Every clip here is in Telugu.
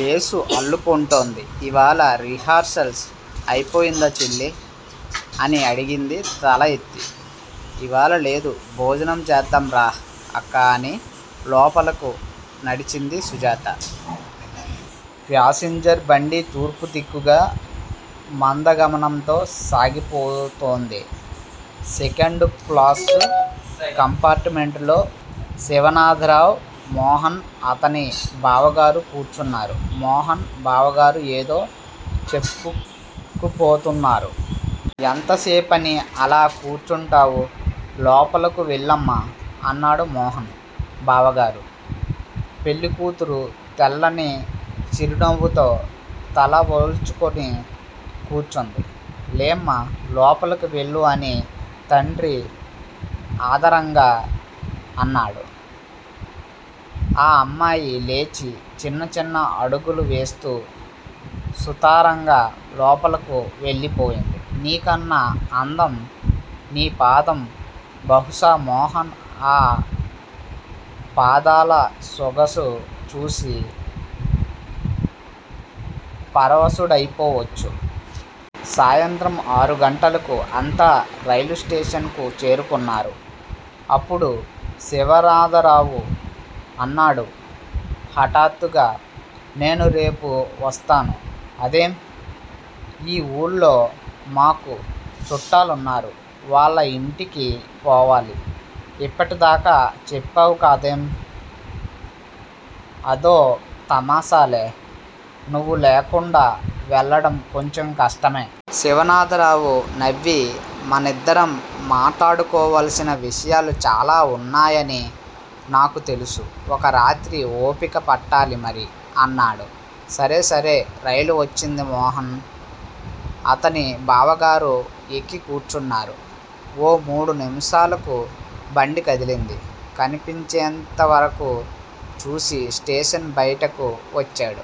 లేసు అల్లుకుంటోంది. ఇవాళ రిహార్సల్స్ అయిపోయిందా చెల్లీ? అని అడిగింది తల ఎత్తి. ఇవాళ లేదు, భోజనం చేద్దాం రా అక్కా అని లోపలకు నడిచింది సుజాత. ప్యాసింజర్ బండి తూర్పుదిక్కుగా మందగమనంతో సాగిపోతోంది. సెకండుక్లాసు కంపార్టుమెంటులో శివనాథరావు, మోహన్, అతని బావగారూ కూర్చున్నారు. మోహన్, బావగారు ఏదో చెప్పుకుపోతున్నారు. 'ఎంతసేపని అలా కూర్చుంటావు? లోపలకు వెళ్ళమ్మా' అన్నాడు మోహన్ బావగారు. పెళ్ళికూతురు తెల్లని చిరునవ్వుతో తల వాల్చుకుని కూర్చుంది. లేమ్మా, లోపలకు వెళ్ళు అని తండ్రి ఆదరంగా అన్నాడు. ఆ అమ్మాయి లేచి చిన్నచిన్న అడుగులు వేస్తూ సుతారంగా లోపలకు వెళ్ళిపోయింది. 'నీకన్నా అందం నీ పాదం' బహుశా మోహన్ ఆ పాదాలసొగసు చూసి పరవశుడైపోవచ్చు. సాయంత్రం ఆరుగంటలకు అంతా రైలు స్టేషన్ కు చేరుకున్నారు. అప్పుడు శివనాథరావు అన్నాడు హఠాత్తుగా 'నేను రేపు వస్తాను. ' అదేం? ఈ ఊళ్ళో మాకు చుట్టాలున్నారు. వాళ్ళ యింటికి పోవాలి. ఇప్పటిదాకా చెప్పావు కాదేం? అదో తమాషాలే. నువ్వు లేకుండా వెళ్ళడం కొంచెం కష్టమే. శివనాథరావు నవ్వి మనమిద్దరం మాట్లాడుకోవలసిన విషయాలు చాలా వున్నాయని నాకుతెలుసు. ఒకరాత్రి ఓపిక పట్టాలి మరి అన్నాడు. సరే, సరే. రైలు వచ్చింది. మోహన్, అతని బావగారు ఎక్కి కూర్చున్నారు. ఓ మూడు నిముషాలకు బండి కదిలింది. కనిపించేటంతవరకూ చూసి స్టేషన్ బయటకు వచ్చాడు.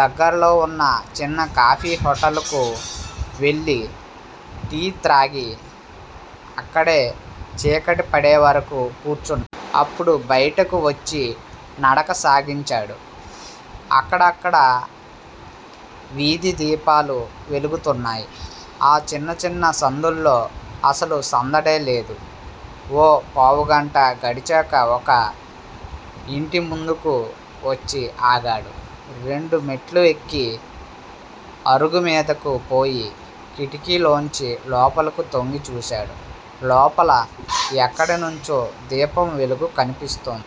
దగ్గరలో వున్న చిన్న కాఫీ హోటలుకు వెళ్ళి టీత్రాగి, అక్కడే చీకటి పడేవరకూ కూర్చున్నాడు. అప్పుడు బయటకు వచ్చి నడక సాగించాడు. అక్కడక్కడా వీధిదీపాలు వెలుగుతున్నాయి. ఆ చిన్నిచిన్ని సందుల్లో అసలు సందడే లేదు. ఓ పావుగంట గడిచాక ఒక యింటిముందుకు వచ్చి ఆగాడు. రెండు మెట్లుఎక్కి అరుగుమీదకు పోయి కిటికీలోంచి లోపలకు తొంగి చూశాడు. లోపల ఎక్కడినుంచో దీపం వెలుగు కనిపిస్తోంది.